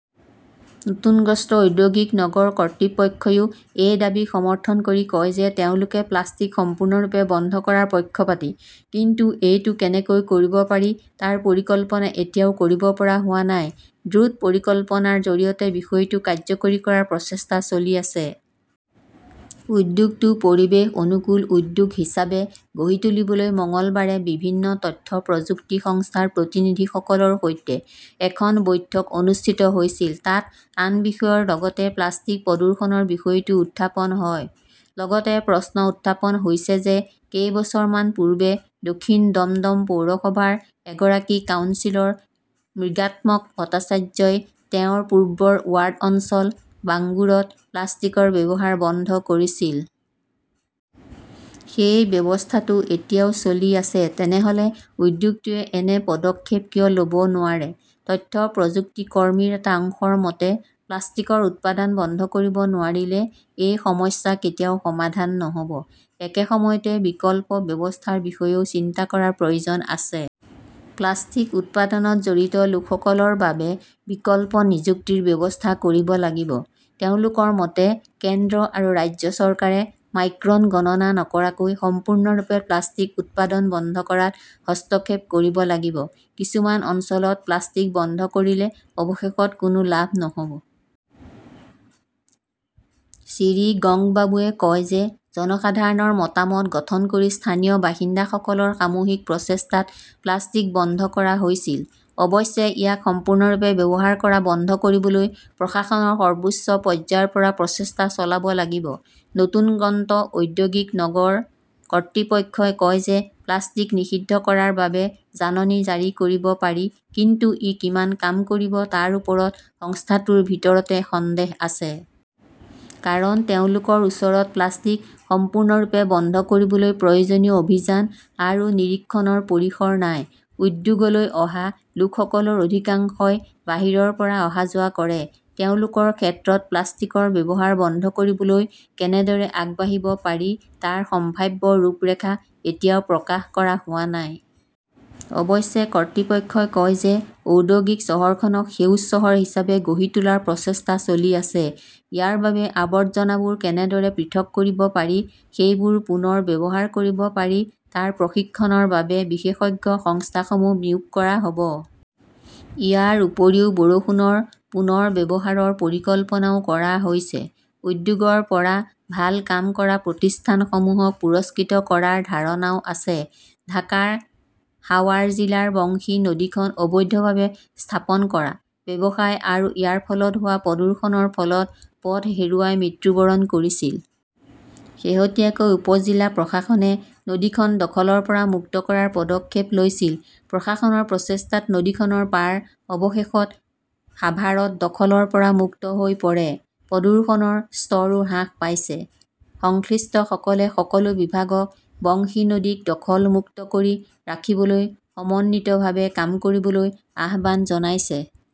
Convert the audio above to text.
নতুনগন্ত ঔদ্যোগিক নগৰ কৰ্তৃপক্ষইও এই দাবীক সমৰ্থন কৰি কয় যে তেওঁলোকে প্লাষ্টিক সম্পূৰ্ণৰূপে বন্ধ কৰাৰ পক্ষপাতী। কিন্তু এইটো কেনেকৈ কৰিব পাৰি তাৰ পৰিকল্পনা এতিয়াও কৰিব পৰা হোৱা নাই। দ্ৰুত পৰিকল্পনাৰ জৰিয়তে বিষয়টো কাৰ্যকৰী কৰাৰ প্ৰচেষ্টা চলি আছে। উদ্যোগটো পৰিৱেশ অনুকূল উদ্যোগ হিচাপে গঢ়ি তুলিবলৈ মঙলবাৰে বিভিন্ন তথ্য প্ৰযুক্তি সংস্থাৰ প্ৰতিনিধিসকলৰ সৈতে এখন বৈঠক অনুষ্ঠিত হৈছিল। তাত আন বিষয়ৰ লগতে প্লাষ্টিক-প্ৰদূষণৰ বিষয়টোও উত্থাপন হয়। লগতে প্ৰশ্ন উত্থাপন হৈছে যে, কেইবছৰমান পূৰ্বে দক্ষিণ দমদম পৌৰসভাৰ এগৰাকী কাউন্সিলৰ মৃগান্ক ভট্টাচাৰ্যই তেওঁৰ পূৰ্বৰ ৱাৰ্ড অঞ্চল বাংগুৰত প্লাষ্টিকৰ ব্যৱহাৰ বন্ধ কৰিছিল। সেই ব্যৱস্থাটো এতিয়াও চলি আছে। তেনেহ'লে উদ্যোগটোৱে এনে পদক্ষেপ কিয় লব নোৱাৰে? তথ্য প্ৰযুক্তি কৰ্মীৰ এটা অংশৰ মতে, প্লাষ্টিকৰ উৎপাদন বন্ধ কৰিব নোৱাৰিলে এই সমস্যা কেতিয়াও সমাধান নহ'ব। একে সময়তে বিকল্প ব্যৱস্থাৰ বিষয়েও চিন্তা কৰাৰ প্ৰয়োজন আছে। প্লাষ্টিক উৎপাদনত জড়িত লোকসকলৰ বাবে বিকল্প নিযুক্তিৰ ব্যৱস্থা কৰিব লাগিব। তেওঁলোকৰ মতে, কেন্দ্ৰ আৰু ৰাজ্য চৰকাৰে মাইক্ৰন গণনা নকৰাকৈ সম্পূৰ্ণৰূপে প্লাষ্টিক উৎপাদন বন্ধ কৰাত হস্তক্ষেপ কৰিব লাগিব। কিছুমান অঞ্চলত প্লাষ্টিক বন্ধ কৰিলে অৱশেষত কোনো লাভ নহ'ব। শ্ৰীগংকবাবুৱে কয় যে জনসাধাৰণৰ মতামত গঠন কৰি স্থানীয় বাসিন্দাসকলৰ সামূহিক প্ৰচেষ্টাত প্লাষ্টিক বন্ধ কৰা হৈছিল। অৱশ্যে, ইয়াক সম্পূৰ্ণৰূপে ব্যৱহাৰ কৰা বন্ধ কৰিবলৈ প্ৰশাসনৰ সৰ্বোচ্চ পৰ্যায়ৰ পৰা প্ৰচেষ্টা চলাব লাগিব। নতুনগন্ত ঔদ্যোগিক নগৰ কৰ্তৃপক্ষই কয় যে প্লাষ্টিক নিষিদ্ধ কৰাৰ বাবে জাননী জাৰি কৰিব পাৰি, কিন্তু ই কিমান কাম কৰিব তাৰ ওপৰত সংস্থাটোৰ ভিতৰতে সন্দেহ আছে। কাৰণ, তেওঁলোকৰ ওচৰত প্লাষ্টিক সম্পূৰ্ণৰূপে বন্ধ কৰিবলৈ প্ৰয়োজনীয় অভিযান আৰু নিৰীক্ষণৰ পৰিসৰ নাই। উদ্যোগলৈ অহা লোকসকলৰ অধিকাংশই বাহিৰৰ পৰা অহা-যোৱা কৰে। তেওঁলোকৰ ক্ষেত্ৰত প্লাষ্টিকৰ ব্যৱহাৰ বন্ধ কৰিবলৈ কেনেদৰে আগবাঢ়িব পাৰি তাৰ সম্ভাৱ্য ৰূপৰেখা এতিয়াও প্ৰকাশ কৰা হোৱা নাই। অৱশ্যে, কৰ্তৃপক্ষই কয় যে ঔদ্যোগিক চহৰখনক সেউজ চহৰ হিচাপে গঢ়ি তোলাৰ প্ৰচেষ্টা চলি আছে। ইয়াৰ বাবে, আৱৰ্জনাবোৰ কেনেদৰে পৃথক কৰিব পাৰি, সেইবোৰ পুনৰ ব্যৱহাৰ কৰিব পাৰি তাৰ প্ৰশিক্ষণৰ বাবে বিশেষজ্ঞ সংস্থাসমূহ নিয়োগ কৰা হ 'ব। ইয়াৰ উপৰিও বৰষুণৰ পুনৰ ব্যৱহাৰৰ পৰিকল্পনাও কৰা হৈছে। উদ্যোগৰ পৰা ভাল কাম কৰা প্ৰতিষ্ঠানসমূহক পুৰস্কৃত কৰাৰ ধাৰণাও আছে। ঢাকাৰ সাৱাৰ জিলাৰ বংশী নদীখন অবৈধভাৱে স্থাপন কৰা, ব্যৱসায় আৰু ইয়াৰ ফলত হোৱা প্ৰদূষণৰ ফলত পথ হেৰুৱাই মৃত্যুবৰণ কৰিছিল। শেহতীয়াকৈ উপ-জিলা প্ৰশাসনে নদীখন দখলৰ পৰা মুক্ত কৰাৰ পদক্ষেপ লৈছিল। প্ৰশাসনৰ প্ৰচেষ্টাত নদীখনৰ পাৰ অৱশেষত সাভাৰত দখলৰ পৰা মুক্ত হৈ পৰে। প্ৰদূষণৰ স্তৰো হ্ৰাস পাইছে। সংশ্লিষ্টসকলে সকলো বিভাগক বংশী নদীক দখল-মুক্ত কৰি ৰাখিবলৈ সমন্বিতভাৱে কাম কৰিবলৈ আহ্বান জনাইছে।